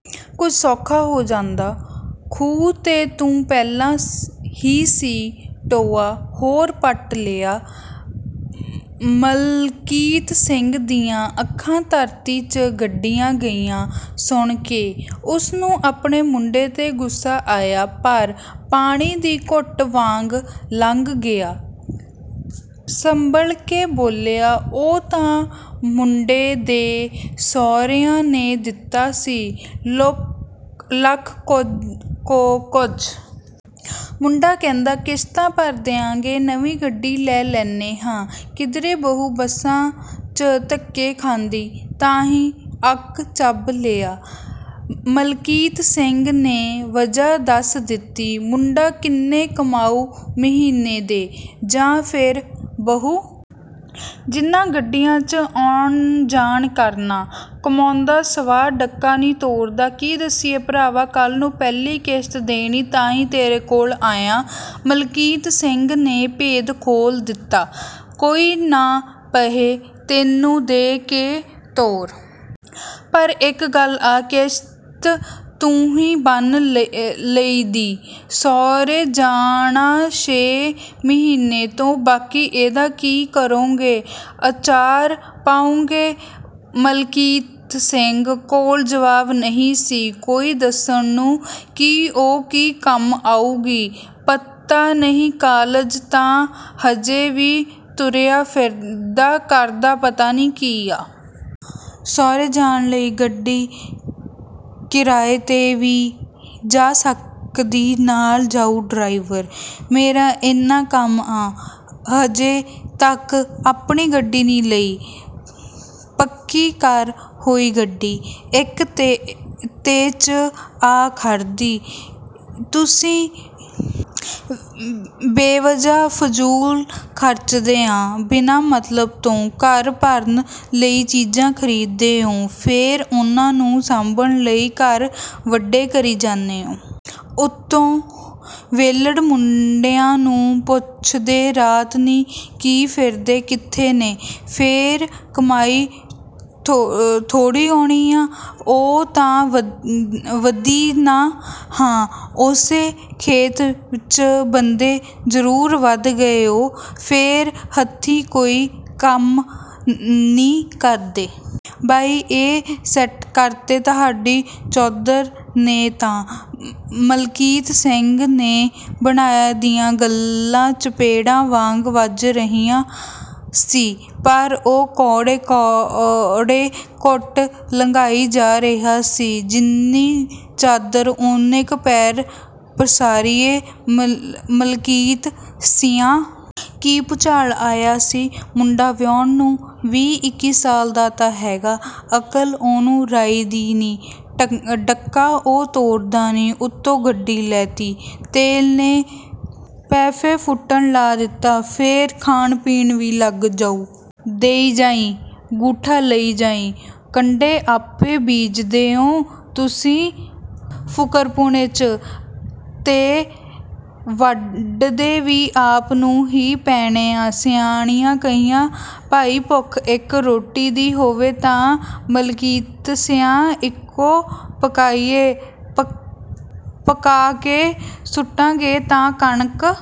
ਕੁਜ ਸੌਖਾ ਹੋ ਜਾਂਦਾ। ਖੂਹ 'ਚ ਤੂੰ ਪਹਿਲਾਂ ਹੀ ਸੀ ਟੋਆ ਹੋਰ ਪੁੱਟ ਲਿਆ।" ਮਲਕੀਤ ਸਿੰਘ ਦੀਆਂ ਅੱਖਾਂ ਧਰਤੀ 'ਚ ਗੱਡੀਆਂ ਗਿਆਂ ਸੁਣ ਕੇ। ਉਸਨੂੰ ਆਪਣੇ ਮੁੰਡੇ ਤੇ ਗੁੱਸਾ ਆਇਆ, ਪਰ ਪਾਣੀ ਦੀ ਘੁੱਟ ਵਾਂਗ ਲੰਗ ਗਿਆ ਸੰਭਲ ਕੇ ਬੋਲਿਆ, "ਉਹ ਤਾਂ ਮੁੰਡੇ ਦੇ ਸੌਹਰਿਆ ਨੇ ਦਿੱਤਾ ਸੀ ਲੱਖ ਕੁ ਕੁਜ। ਮੁੰਡਾ ਕਹਿੰਦਾ ਕਿਸ਼ਤਾਂ ਭਰ ਦਿਆਂਗੇ ਨਵੀਂ ਗੱਡੀ ਲੈ ਲੈਨੇ ਹਾਂ। ਕਿੱਧਰ ਬਹੂ ਬੱਸਾਂ ਚ ਧੱਕੇ ਖਾਂਦੀ, ਤਾਹੀਂ ਅੱਕ ਚੱਬ ਲਿਆ। " ਮਲਕੀਤ ਸਿੰਘ ਨੇ ਵਜ੍ਹਾ ਦੱਸ ਦਿੱਤੀ। "ਮੁੰਡਾ ਕਿੰਨੇ ਕਮਾਉਂਦਾ ਮਹੀਨੇ ਦੇ, ਜਾ ਫੇਰ ਬਹੂ? ਜਿਹਨਾਂ ਗੱਡੀ 'ਚ ਆਉਣ ਜਾਣ ਕਰਨਾ।" ਕਮਾਉਂਦਾ ਸਵਾਹ ਡੱਕਾ ਨੀ ਤੋੜਦਾ। ਕੀ ਦੱਸੀਏ ਭਰਾਵਾਂ ਕੱਲ ਨੂੰ ਪਹਿਲੀ ਕਿਸ਼ਤ ਦੇਣੀ, ਤਾਹੀ ਤੇਰੇ ਕੋਲ ਆਇਆ। ਮਲਕੀਤ ਸਿੰਘ ਨੇ ਭੇਦ ਖੋਲ ਦਿੱਤਾ। ਕੋਈ ਨਾ ਪੈਹੇ ਤੇਨੂੰ ਦੇ ਕੇ ਤੋਰੁ। ਪਰ ਇੱਕ ਗੱਲ ਆ ਕਿਸ਼ਤ ਤੁਸੀਂ ਬੰਨ ਲਈ ਦੀ, ਸੌਹਰੇ ਜਾਣਾ ਛੇ ਮਹੀਨੇ ਤੋਂ। ਬਾਕੀ ਇਹਦਾ ਕਿ ਕਰੋਂਗੇ? ਅਚਾਰ ਪਾਓਗੇ। ਮਲਕੀਤ ਸਿੰਘ ਕੋਲ ਜਵਾਬ ਨਹੀ ਸੀ ਕੋਈ ਦੱਸਣ ਨੂੰ ਕਿ ਓਹ ਕਿ ਕੰਮ ਆਊਗੀ, ਪਤਾ ਨੀ ਕਾਲਜ ਤਾਂ ਹਜੇ ਵੀ ਤੁਰਿਆ ਫਿਰਦਾ ਕਰਦਾ ਪਤਾ ਨਈਂ ਕੀ ਆ? "ਸੌਹਰੇ ਜਾਣ ਲਈ ਗੱਡੀ ਕਿਰਾਏ ਤੇ ਵੀ ਜਾ ਸਕਦੀ ਨਾਲ ਜਾਉ ਡਰਾਈਵਰ।" ਮੇਰਾ ਏਨਾ ਕੰਮ ਆ, ਹਜੇ ਤੱਕ ਆਪਦੀ ਗੱਡੀ ਨੀ ਲਈ। ਪੱਕੀ ਕਰ ਹੋਈ ਗੱਡੀ, ਇੱਕ ਤੇ 'ਚ ਆ ਖੜ੍ਹਦੀ। ਤੁਸੀਂ ਬੇਵਜ੍ਹਾ ਫਜ਼ੂਲ ਖਰਚਦੇ ਆ ਬਿਨਾਂ ਮਤਲਬ ਤੋਂ ਘਰ ਭਰਨ ਲਈ ਚੀਜ਼ਾਂ ਖਰੀਦਦੇ ਓ, ਫੇਰ ਓਹਨਾ ਨੂ ਸਾਂਭਣ ਲਈ ਘਰ ਵੱਡੇ ਕਰੀ ਜਾਨੈ ਓ। ਉੱਤੋਂ ਵੇਹਲੜ ਮੁੰਡਿਆਂ ਨੂੰ ਪੁੱਛਦੇ ਰਤਾ ਨੀ ਕੇ ਫਿਰਦੇ ਕਿੱਥੇ ਨੇ? ਫੇਰ ਕਮਾਈ ਥੋਡੀ ਓਨੀ ਆ। ਉਹ ਤਾਂ ਵਧੀ ਨਾਂ, ਹਾਂ ਓਸੇ ਖੇਤ ਚ ਬੰਦੇ ਜਰੂਰ ਵੱਧ ਗਏ ਓ, ਫ਼ੇਰ ਹੱਥੀਂ ਕੋਈ ਕੱਮ ਨੀ ਕਰਦੇ। ਬਈ ਏ ਸੈੱਟ ਕਰਤੇ ਤੁਹਾਡੀ ਚੌਧਰ ਨੇਂ ਤਾਂ। " ਮਲਕੀਤ ਸਿੰਘ ਦੇ ਬਾਣੀਏ ਦੀਆਂ ਗੱਲਾਂ ਚਪੇੜਾਂ ਵਾਂਗ ਵੱਜ ਰਹੀਆਂ ਸੀ, ਪਰ ਓਹ ਕੌੜੇ-ਕੌੜੇ ਘੁੱਟ ਲੰਗਾਈ ਜਾ ਰਿਹਾ ਸੀ"। ਜਿੰਨੀ ਚਾਦਰ ਓਨੇ ਕੂ ਪੈਰ ਪਸਾਰੀਏ ਮਲਕੀਤ ਸੀਆਂ। ਕੀ ਭੁਚਾਲ ਆਇਆ ਸੀ? ਮੁੰਡਾ ਵਿਹਾਉਣ ਨੂੰ। ਵੀਹ-ਇੱਕੀ ਸਾਲਾਂ ਦਾ ਹੈਗਾ, ਅਕਲ਼ ਓਹਨੂੰ ਰਾਈ ਦੀ ਨੀ। ਡੱਕਾ ਉਹ ਤੋੜਦਾ ਨਹੀਂ, ਉੱਤੋਂ ਗੱਡੀ ਲੈ ਤੀ। ਤੇਲ ਨੇ ਪੈਹੇ ਫੂਕਣ ਲਾ ਦਿੱਤਾ, ਫੇਰ ਖਾਣ ਪੀਣ ਵੀ ਲੱਗ ਜਾਉ। ਦੇਈ ਜਾਈ, ਗੂਠਾ ਲਾਈ ਜਾਈ। ਕੰਡੇ ਆਪੇ ਬੀਜਦੇ ਓ ਤੁਸੀਂ ਫੁਕਰਪੁਣੇ 'ਚ, ਤੇ ਵੱਢਣੇ ਵੀ ਆਪ ਨੂੰ ਹੀ ਪੈਣੇ। ਸਿਆਣਿਆਂ ਕਿਹਾ ਭਾਈ ਭੁੱਖ ਇੱਕ ਰੋਟੀ ਦੀ ਹੋਵੇ ਨਾਂ ਮਲਕੀਤ ਸੀਆਂ, ਇੱਕੋ ਪਕਾਈਏ। ਪੱਕਾ ਕੇ ਸੁੱਟੋਗੇ ਤਾਂ ਕਣਕ